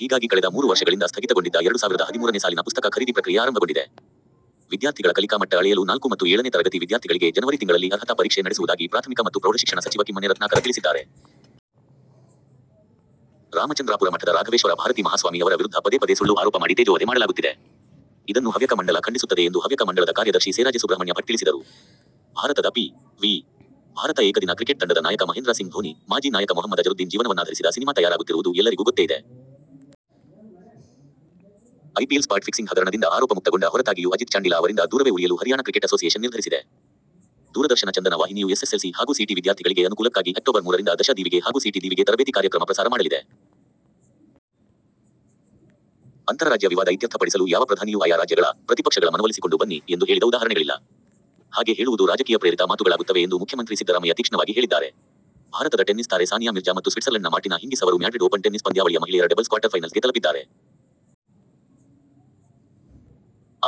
ಹೀಗಾಗಿ ಕಳೆದ ಮೂರು ವರ್ಷಗಳಿಂದ ಸ್ಥಗಿತಗೊಂಡಿದ್ದ ಎರಡು ಸಾವಿರದ ಹದಿಮೂರನೇ ಸಾಲಿನ ಪುಸ್ತಕ ಖರೀದಿ ಪ್ರಕ್ರಿಯೆ ಆರಂಭಗೊಂಡಿದೆ. ವಿದ್ಯಾರ್ಥಿಗಳ ಕಲಿಕಾ ಮಟ್ಟ ಅಳೆಯಲು ನಾಲ್ಕು ಮತ್ತು ಏಳನೇ ತರಗತಿ ವಿದ್ಯಾರ್ಥಿಗಳಿಗೆ ಜನವರಿ ತಿಂಗಳಲ್ಲಿ ಅರ್ಹತಾ ಪರೀಕ್ಷೆ ನಡೆಸುವುದಾಗಿ ಪ್ರಾಥಮಿಕ ಮತ್ತು ಪ್ರೌಢಶಿಕ್ಷಣ ಸಚಿವ ಕಿಮ್ಮನೆ ರತ್ನಾಕರ ತಿಳಿಸಿದ್ದಾರೆ. ರಾಮಚಂದ್ರಾಪುರ ಮಠದ ರಾಘವೇಶ್ವರ ಭಾರತೀ ಮಹಾಸ್ವಾಮಿ ಅವರ ವಿರುದ್ಧ ಪದೇ-ಪದೇ ಸುಳ್ಳು ಆರೋಪ ಮಾಡಿ ತೇಜೋವಧೆ ಮಾಡಲಾಗುತ್ತಿದೆ. ಇದನ್ನು ಹವ್ಯಕ ಮಂಡಲ ಖಂಡಿಸುತ್ತದೆ ಎಂದು ಹವ್ಯಕ ಮಂಡಳದ ಕಾರ್ಯದರ್ಶಿ ಸೇರಾಜೆ ಸುಬ್ರಹ್ಮಣ್ಯ ಭಟ್ ತಿಳಿಸಿದರು. ಭಾರತದ ಪಿ. ವಿ. ಭಾರತ ಏಕದಿನ ಕ್ರಿಕೆಟ್ ತಂಡದ ನಾಯಕ ಮಹೇಂದ್ರ ಸಿಂಗ್ ಧೋನಿ, ಮಾಜಿ ನಾಯಕ ಮೊಹಮ್ಮದ್ ಅಜರುದ್ದೀನ್ ಜೀವನವನ್ನಾಧರಿಸಿದ ಸಿನಿಮಾ ತಯಾರಾಗುತ್ತಿರುವುದು ಎಲ್ಲರಿಗೂ ಗೊತ್ತೇಇದೆ. ಐಪಿಎಲ್ ಸ್ಪಾಟ್ ಫಿಕ್ಸಿಂಗ್ ಹಗರಣದಿಂದ ಆರೋಪಮುಕ್ತಗೊಂಡ ಹೊರತಾಗಿಯೂ ಅಜಿತ್ ಚಾಂಡೀಲಾ ಅವರಿಂದ ದೂರವೇ ಉಳಿಯಲು ಹರಿಯಾಣ ಕ್ರಿಕೆಟ್ ಅಸೋಸಿಯೇಷನ್ ನಿರ್ಧರಿಸಿದೆ. ದೂರದರ್ಶನ ಚಂದನ ವಾಹಿನಿಯು ಎಸ್ಸೆಸ್ಸೆಲ್ಸಿ ಹಾಗೂ ಸಿಇಟಿ ವಿದ್ಯಾರ್ಥಿಗಳಿಗೆ ಅನುಕೂಲಕ್ಕಾಗಿ ಅಕ್ಟೋಬರ್ ಮೂರರಿಂದ ದಶ ದೀವಿಗೆ ಹಾಗೂ ಸಿಇಟಿ ದೀವಿಗೆ ತರಬೇತಿ ಕಾರ್ಯಕ್ರಮ ಪ್ರಸಾರ ಮಾಡಲಿದೆ. ಅಂತರರಾಜ್ಯ ವಿವಾದ ಇತ್ಯರ್ಥಪಡಿಸಲು ಯಾವ ಪ್ರಧಾನಿಯೂ ಆಯಾ ರಾಜ್ಯಗಳ "ಪ್ರತಿಪಕ್ಷಗಳ ಮನವೊಲಿಸಿಕೊಂಡು ಬನ್ನಿ' ಎಂದು ಹೇಳಿದ ಉದಾಹರಣೆಗಳಿಲ್ಲ. ಹಾಗೆ ಹೇಳುವುದು ರಾಜಕೀಯಪ್ರೇರಿತ ಮಾತುಗಳಾಗುತ್ತವೆ ಎಂದು ಮುಖ್ಯಮಂತ್ರಿ ಸಿದ್ದರಾಮಯ್ಯ ತೀಕ್ಷ್ಣವಾಗಿ ಹೇಳಿದ್ದಾರೆ. ಭಾರತದ ಟೆನ್ನಿಸ್ ತಾರೆ ಸಾನಿಯಾ ಮಿರ್ಜಾ ಮತ್ತು ಸ್ವಿಟ್ಸರ್ಲಂಡ್ನ ಮಾರ್ಟಿನ ಹಿಂಗಿಸ್ ಅವರು ಮ್ಯಾಡ್ರಿಡ್ ಓಪನ್ ಟೆನ್ನಿಸ್ ಪಂದ್ಯಾವಳಿಯ ಮಹಿಳೆಯರ ಡಬಲ್ಸ್ ಕ್ವಾರ್ಟರ್ಫೈನಲ್ಸ್ಗೆ ತಲಪಿದ್ದಾರೆ.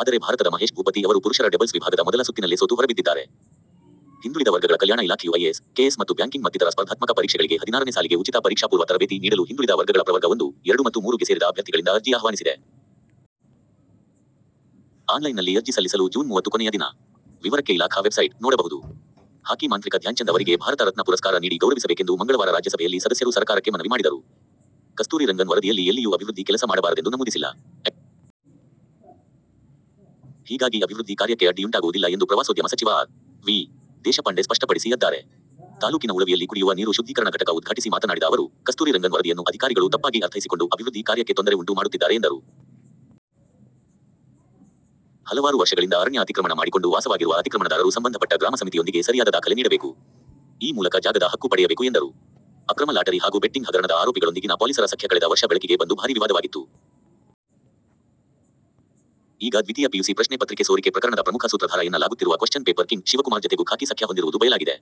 ಆದರೆ ಭಾರತದ ಮಹೇಶ್ ಭೂಪತಿ ಅವರು ಪುರುಷರ ಡಬಲ್ಸ್ ವಿಭಾಗದ ಮೊದಲ ಸುತ್ತಿನಲ್ಲೇ ಸೋತು ಹೊರಬಿದ್ದಿದ್ದಾರೆ. ಹಿಂದುಳಿದ ವರ್ಗಗಳ ಕಲ್ಯಾಣ ಇಲಾಖೆಯು ಐಎಎಸ್, ಕೆಎಎಸ್ ಮತ್ತು ಬ್ಯಾಂಕಿಂಗ್ ಮತ್ತಿತರ ಸ್ಪರ್ಧಾತ್ಮಕ ಪರೀಕ್ಷೆಗಳಿಗೆ ಹದಿನಾರನೇ ಸಾಲಿಗೆ ಉಚಿತ ಪರೀಕ್ಷಾಪೂರ್ವ ತರಬೇತಿ ನೀಡಲು ಹಿಂದುಳಿದ ವರ್ಗಗಳ ಪ್ರವರ್ಗ- ಒಂದು, ಎರಡು ಮತ್ತು ಮೂರು ಗೆಸೇರಿದ ಅಭ್ಯರ್ಥಿಗಳಿಂದ ಅರ್ಜಿ ಆಹ್ವಾನಿಸಿದೆ. ಆನ್ಲೈನ್ನಲ್ಲಿ ಅರ್ಜಿ ಸಲ್ಲಿಸಲು ಜೂನ್ ಮೂವತ್ತು ಕೊನೆಯ ದಿನ. ವಿವರಕ್ಕೆ ಇಲಾಖಾ ವೆಬ್ಸೈಟ್: ನೋಡಬಹುದು. ಹಾಕಿ ಮಾಂತ್ರಿಕ ಧ್ಯಾನ್ಚಂದ್ ಅವರಿಗೆ ಭಾರತ ರತ್ನ ಪುರಸ್ಕಾರ ನೀಡಿ ಗೌರವಿಸಬೇಕೆಂದು ಮಂಗಳವಾರ ರಾಜ್ಯಸಭೆಯಲ್ಲಿ ಸದಸ್ಯರು ಸರಕಾರಕ್ಕೆ ಮನವಿ ಮಾಡಿದರು. ಕಸ್ತೂರಿ ರಂಗನ್ ವರದಿಯಲ್ಲಿ ಎಲ್ಲಿಯೂ ಅಭಿವೃದ್ಧಿ ಕೆಲಸ ಮಾಡಬಾರದೆಂದು ನಮೂದಿಸಿಲ್ಲ. ಹೀಗಾಗಿ ಅಭಿವೃದ್ಧಿ ಕಾರ್ಯಕ್ಕೆ ಅಡ್ಡಿಯುಂಟಾಗುವುದಿಲ್ಲ ಎಂದು ಪ್ರವಾಸೋದ್ಯಮ ಸಚಿವ ಆರ್. ವಿ. ದೇಶಪಾಂಡೆ ಸ್ಪಷ್ಟಪಡಿಸಿ ದ್ದಾರೆ. ತಾಲೂಕಿನ ಉಳವಿಯಲ್ಲಿ ಕುಡಿಯುವ ನೀರು ಶುದ್ಧೀಕರಣ ಘಟಕ ಉದ್ಘಾಟಿಸಿ ಮಾತನಾಡಿದ ಅವರು, ಕಸ್ತೂರಿ ರಂಗನ್ ವರದಿಯನ್ನು ಅಧಿಕಾರಿಗಳು ತಪ್ಪಾಗಿ ಅರ್ಥೈಸಿಕೊಂಡು ಅಭಿವೃದ್ಧಿ ಕಾರ್ಯಕ್ಕೆ ತೊಂದರೆ ಉಂಟು ಮಾಡುತ್ತಿದ್ದಾರೆ ಎಂದರು. ಹಲವಾರು ವರ್ಷಗಳಿಂದ ಅರಣ್ಯ ಅತಿಕ್ರಮಣ ಮಾಡಿಕೊಂಡು ವಾಸವಾಗಿರುವ ಅತಿಕ್ರಮಣದಾರರು ಸಂಬಂಧಪಟ್ಟ ಗ್ರಾಮ ಸಮಿತಿಯೊಂದಿಗೆ ಸರಿಯಾದ ದಾಖಲೆ ನೀಡಬೇಕು. ಈ ಮೂಲಕ ಜಾಗದ ಹಕ್ಕು ಪಡೆಯಬೇಕು ಎಂದರು. ಅಕ್ರಮ ಲಾಟರಿ ಹಾಗೂ ಬೆಟ್ಟಿಂಗ್ ಹಗರಣದ ಆರೋಪಿಗಳೊಂದಿಗಿನ ಪೊಲೀಸರ ಸಖ್ಯ ಕಳೆದ ವರ್ಷ ಬೆಳಕಿಗೆ ಬಂದು ಭಾರೀ ವಿವಾದವಾಗಿತ್ತು. ಈಗ ದ್ವಿತೀಯ ಪಿಯುಸಿ ಪ್ರಶ್ನೆ ಪತ್ರಿಕೆ ಸೋರಿಕೆ ಪ್ರಕರಣದ ಪ್ರಮುಖ ಸೂತ್ರಧಾರ ಎನ್ನ ಲಾಗುತ್ತಿರುವ ಕ್ವಶ್ಚನ್ ಪೇಪರ್ ಕಿಂಗ್' ಶಿವಕುಮಾರ್ ಜತೆಗೂ ಖಾಕಿ ಸಖ್ಯ ಹೊಂದಿರುವುದು ಬಯಲಾಗಿದೆ.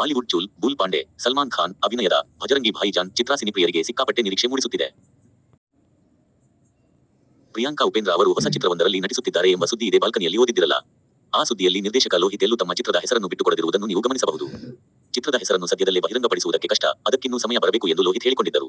ಬಾಲಿವುಡ್ ಚುಲ್'ಬುಲ್ ಪಾಂಡೆ 'ಸಲ್ಮಾನ್ ಖಾನ್' ಅಭಿನಯದ 'ಭಜರಂಗಿ ಭಾಯಿಜಾನ್' ಚಿತ್ರ ಸಿನಿಪ್ರಿಯರಿಗೆ ಸಿಕ್ಕಾಪಟ್ಟೆ ನಿರೀಕ್ಷೆ ಮೂಡಿಸುತ್ತಿದೆ. ಪ್ರಿಯಾಂಕಾ ಉಪೇಂದ್ರ ಅವರು ಹೊಸ ಚಿತ್ರವೊಂದರಲ್ಲಿ ನಟಿಸುತ್ತಿದ್ದಾರೆ ಎಂಬ ಸುದ್ದಿ ಇದೇ ಬಾಲ್ಕನಿಯಲ್ಲಿ ಓದಿದ್ದಿರಲ್ಲಾ. ಆ ಸುದ್ದಿಯಲ್ಲಿ ನಿರ್ದೇಶಕ ಲೋಹಿತ್ ಎಲ್ಲೂ ತಮ್ಮ ಚಿತ್ರದ ಹೆಸರನ್ನು ಬಿಟ್ಟುಕೊಡದಿರುವುದನ್ನು ನೀವು ಗಮನಿಸಬಹುದು. ಚಿತ್ರದ ಹೆಸರನ್ನು ಸದ್ಯದಲ್ಲೇ ಬಹಿರಂಗಪಡಿಸುವುದಕ್ಕೆ ಕಷ್ಟ, ಅದಕ್ಕಿನ್ನೂ ಸಮಯ ಬರಬೇಕು ಎಂದು ಲೋಹಿತ್ ಹೇಳಿಕೊಂಡಿದ್ದರು.